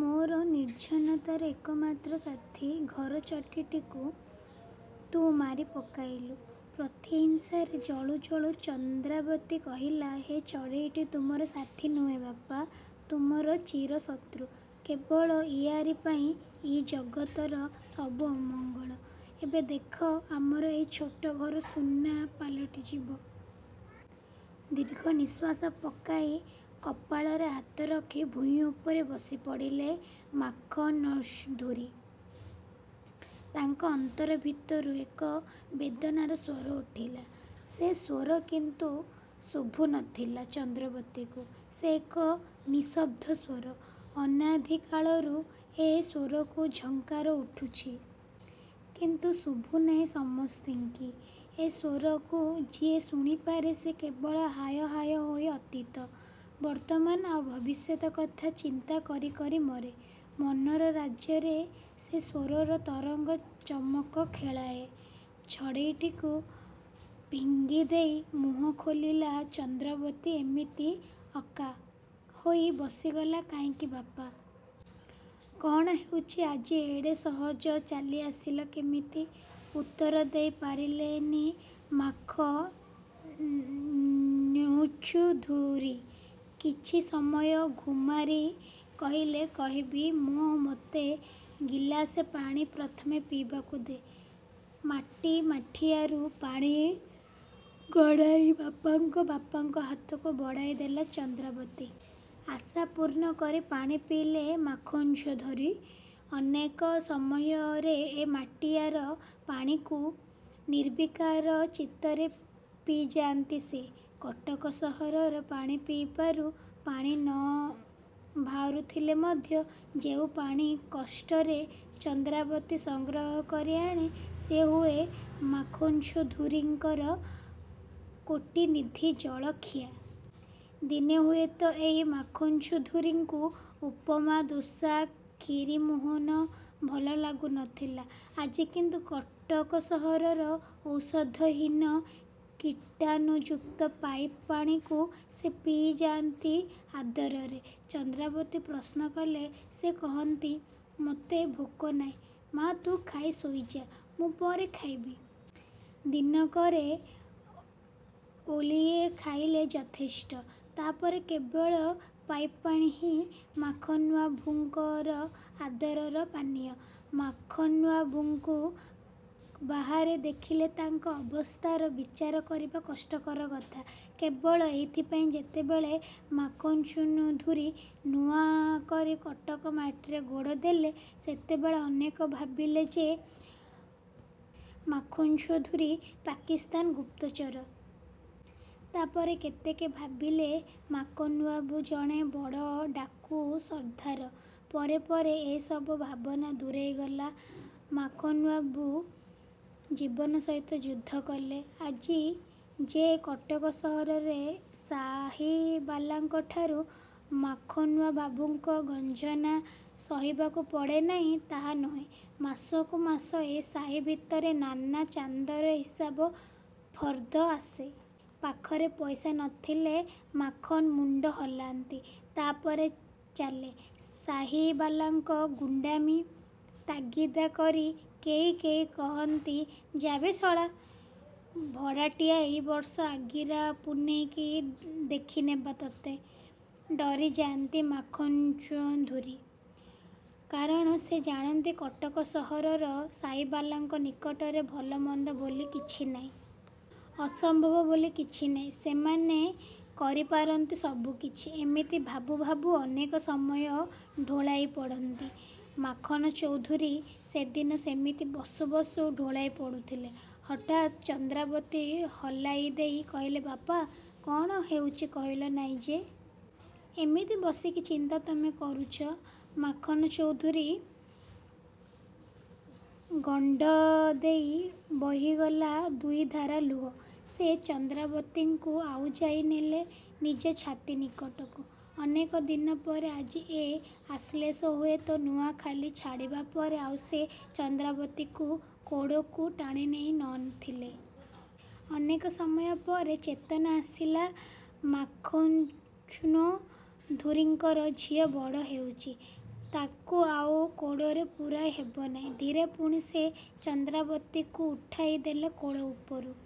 ମୋର ନିର୍ଜନତାର ଏକମାତ୍ର ସାଥୀ ଘରଚଟୀଟିକୁ ତୁ ମାରି ପକାଇଲୁ? ପ୍ରତିହିଂସାରେ ଜଳୁ ଜଳୁ ଚନ୍ଦ୍ରାବତୀ କହିଲା.. ଏ ଚଢେଇଟି ତୁମର ସାଥୀ ନୁହେଁ ବାପା-! ତୁମର ଚିର ଶତ୍ରୁ। କେବଳ ଇଆରି ପାଇଁ ହିଁ ଜଗତର ସବୁ ଅମଙ୍ଗଳ। ଏବେ ଦେଖ ଆମର ଏଇ ଛୋଟ ଘର ସୁନା ପାଲଟି ଯିବ। ଦୀର୍ଘ ନିଃଶ୍ୱାସ ପକାଇ କପାଳରେ ହାତ ରଖି ଭୂଇଁ ଉପରେ ବସି ପଡ଼ିଲେ ମାଖନସଧୁରୀ। ତାଙ୍କ ଅନ୍ତର ଭିତରୁ ଏକ ବେଦନାର ସ୍ୱର ଉଠିଲା। ସେ ସ୍ୱର କିନ୍ତୁ ଶୁଭୁ ନ ଥିଲା ଚନ୍ଦ୍ରାବତୀକୁ। ସେ ଏକ ନିଃଶବ୍ଦସ୍ୱର। ଅନାଦି କାଳରୁ ଏ ସ୍ୱରରୁ ଝଙ୍କାର ଉଠୁଛି। କିନ୍ତୁ ଶୁଭୁନାହିଁ ସମସ୍ତିଙ୍କି। ଏ ସ୍ୱରକୁ ଯିଏ ଶୁଣିପାରେ ସେ କେବଳ ହାୟ ହାୟ ହୋଇ ଅତୀତ, ବର୍ତ୍ତମାନ ଆଉ ଭବିଷ୍ୟତ କଥା ଚିନ୍ତା କରି କରି ମରେ। ମନର ରାଜ୍ୟରେ ସେ ସ୍ୱରର ତରଙ୍ଗ ଚମକ ଖେଳାଏ। ଚଢ଼େଇଟିକୁ ଫିଙ୍ଗିଦେଇ ମୁହଁ ଖୋଲିଲା ଚନ୍ଦ୍ରାବତି ଏମିତି ଅକ୍କା ହୋଇ ବସିଗଲା କାହିଁକି ବାପା? କ'ଣ ହେଇଛି? ଆଜି ଏଡ଼େ ସହଜ ଚାଲି ଆସିଲ କେମିତି? ଉତ୍ତର ଦେଇ ପାରିଲେ ନି ମାଖନ୍ଚୌଧୁରୀ। କିଛି ସମୟ ଗୁମ୍ମାରି କହିଲେ କହିବି ମା ମୋତେ ଗିଲାସେ ପାଣି ପ୍ରଥମେ ପିଇବାକୁ ଦେ। ମାଟି ମାଠିଆରୁ ପାଣି ଗଡ଼ାଇ ବାପାଙ୍କ ବାପାଙ୍କ ହାତକୁ ବଢ଼ାଇ ଦେଲା ଚନ୍ଦ୍ରାବତୀ। ଆଶାପୂର୍ଣ୍ଣ କରି ପାଣି ପିଇଲେ ମାଖନ୍ଚୌଧୁରୀ। ଅନେକ ସମୟରେ ଏ ମାଟିଆର ପାଣିକୁ ନିର୍ବିକାର ଚିତ୍ତରେ ପିଇଯାଆନ୍ତି ସେ। କଟକ ସହରର ପାଣି ପାଇପାରୁ ପାଣି ନ ବାହାରୁଥିଲେ ମଧ୍ୟ ଯେଉଁ ପାଣି କଷ୍ଟରେ ଚନ୍ଦ୍ରାବତୀ ସଂଗ୍ରହ କରି ଆଣେ ସେ ହୁଏ ମାଖନ୍ଚୌଧୁରୀଙ୍କର କୋଟିନିଧି ଜଳଖିଆ। ଦିନେ ହୁଏତ ଏଇ ମାଖନ୍ଚୌଧୁରୀଙ୍କୁ ଉପମା ଦୋସା ଖିରିମୋହନ ଭଲ ଲାଗୁ ନ ଥିଲା। ଆଜି କିନ୍ତୁ କଟକ ସହରର ଔଷଧହୀନ କୀଟାଣୁଯୁକ୍ତ ପାଇପ୍ ପାଣିକୁ ସେ ପିଇ ଯାଆନ୍ତି ଆଦରରେ। ଚନ୍ଦ୍ରାବତୀ ପ୍ରଶ୍ନକଲେ ସେ କହନ୍ତି ମୋତେ ଭୋକ ନାହିଁ ମା ତୁ ଖାଇ ଶୋଇ ଯା, ମୁଁ ପରେ ଖାଇବି। ଦିନକରେ ଓଳିଏ ଖାଇଲେ ଯଥେଷ୍ଟ, ତା'ପରେ କେବଳ ପାଇପ୍ପାଣି ହିଁ ମାଖନ୍ବାବୁଙ୍କର ଆଦରର ପାନୀୟ। ମାଖନ୍ବାବୁଙ୍କୁ ବାହାରେ ଦେଖିଲେ ତାଙ୍କ ଅବସ୍ଥାର ବିଚାର କରିବା କଷ୍ଟକର କଥା। କେବଳ ଏଇଥିପାଇଁ ଯେତେବେଳେ ମାଖନ୍ଚୌଧୁରୀ ନୂଆ କରି କଟକ ମାଟିରେ ଗୋଡ଼ ଦେଲେ ସେତେବେଳେ ଅନେକ ଭାବିଲେ ଯେ ମାଖନ୍ଚୌଧୁରୀ ପାକିସ୍ଥାନୀ ଗୁପ୍ତଚର। ତା'ପରେ କେତେକ ଭାବିଲେ ମାଖନ୍ବାବୁ ଜଣେ ବଡ଼ ଡାକୁ ସର୍ଦ୍ଦାର। ପରେ ପରେ ଏ ସବୁ ଭାବନା ଦୂରେଇ ଗଲା। ମାଖନ୍ବାବୁ ଜୀବନ ସହିତ ଯୁଦ୍ଧ କଲେ। ଆଜି ଯେ କଟକ ସହରର ସାହୀବାଲାଙ୍କଠାରୁ ମାଖନ୍ବାବୁଙ୍କ ଗଞ୍ଜଣା ସହିବାକୁ ପଡ଼େ ନାହିଁ ତାହା ନୁହେଁ। ମାସକୁ ମାସ ଏ ସାହୀ ଭିତରେ ନାନା ଚାନ୍ଦାର ହିସାବ ଫର୍ଦ୍ଦ ଆସେ। ପାଖରେ ପଇସା ନ ଥିଲେ ମାଖନ୍ ମୁଣ୍ଡ ହଲାନ୍ତି। ତା'ପରେ ଚାଲେ ସାହୀବାଲାଙ୍କ ଗୁଣ୍ତାମୀ। ତାଗିଦା କରି କେହି କେହି କହନ୍ତି ଯାବେ ଶଳା ଭଡ଼ାଟିଆ ଏଇ ବର୍ଷ ଅଗିରା ପୂନେଇକି ଦେଖିନେବା ତୋତେ। ଡରିଯାଆନ୍ତି ମାଖନ୍ଚୌଧୁରୀ। କାରଣ ସେ ଜାଣନ୍ତି କଟକ ସହରର ସାହୀବାଲାଙ୍କ ନିକଟରେ ଭଲ ମନ୍ଦ ବୋଲି କିଛି ନାହିଁ। ଅସମ୍ଭବ ବୋଲି କିଛି ନାହିଁ। ସେମାନେ କରି ପାରନ୍ତି ସବୁକିଛି। ଏମିତି ଭାବୁ ଭାବୁ ଅନେକ ସମୟରେ ଢୋଳାଇ ପଡ଼ନ୍ତି ମାଖନ ଚୌଧୁରୀ। ସେଦିନ ସେମିତି ବସୁ ବସୁ ଢୋଳାଇ ପଡ଼ୁଥିଲେ। ହଠାତ୍ ଚନ୍ଦ୍ରାବତୀ ହଲାଇ ଦେଇ କହିଲା ବାପା! କ'ଣ ହେଇଛି କହିଲା ନାହିଁ ଯେ? ଏମିତି ବସି କି ଚିନ୍ତା ତୁମେ କରୁଛ? ମାଖନ ଚୌଧୁରୀ ଗଣ୍ଡଦେଇ ବହିଗଲା ଦୁଇଧାରା ଲୁହ। ସେ ଚନ୍ଦ୍ରାବତୀକୁ ଆଉଜାଇ ନେଲେ ନିଜ ଛାତି ନିକଟକୁ। ଅନେକ ଦିନ ପରେ ଆଜି ଏ ଆଶ୍ଲେଷ। ହୁଏତ ନୂଆଖାଲି ଛାଡ଼ିବା ପରେ ଆଉ ସେ ଚନ୍ଦ୍ରାବତୀକୁ କୋଡ଼କୁ ଟାଣିନେଇ ନ ଥିଲେ। ଅନେକ ସମୟ ପରେ ଚେତନା ଆସିଲା ମାଖନ୍ଚୌଧୁରୀଙ୍କର। ଝିଅ ବଡ଼ ହେଇଛି। ତାକୁ ଆଉ କୋଡ଼ରେ ପୂରାଇ ହେବନାହିଁ। ଧୀରେ ପୁଣି ସେ ଚନ୍ଦ୍ରାବତୀକୁ ଉଠାଇ ଦେଲେ କୋଳ ଉପରୁ।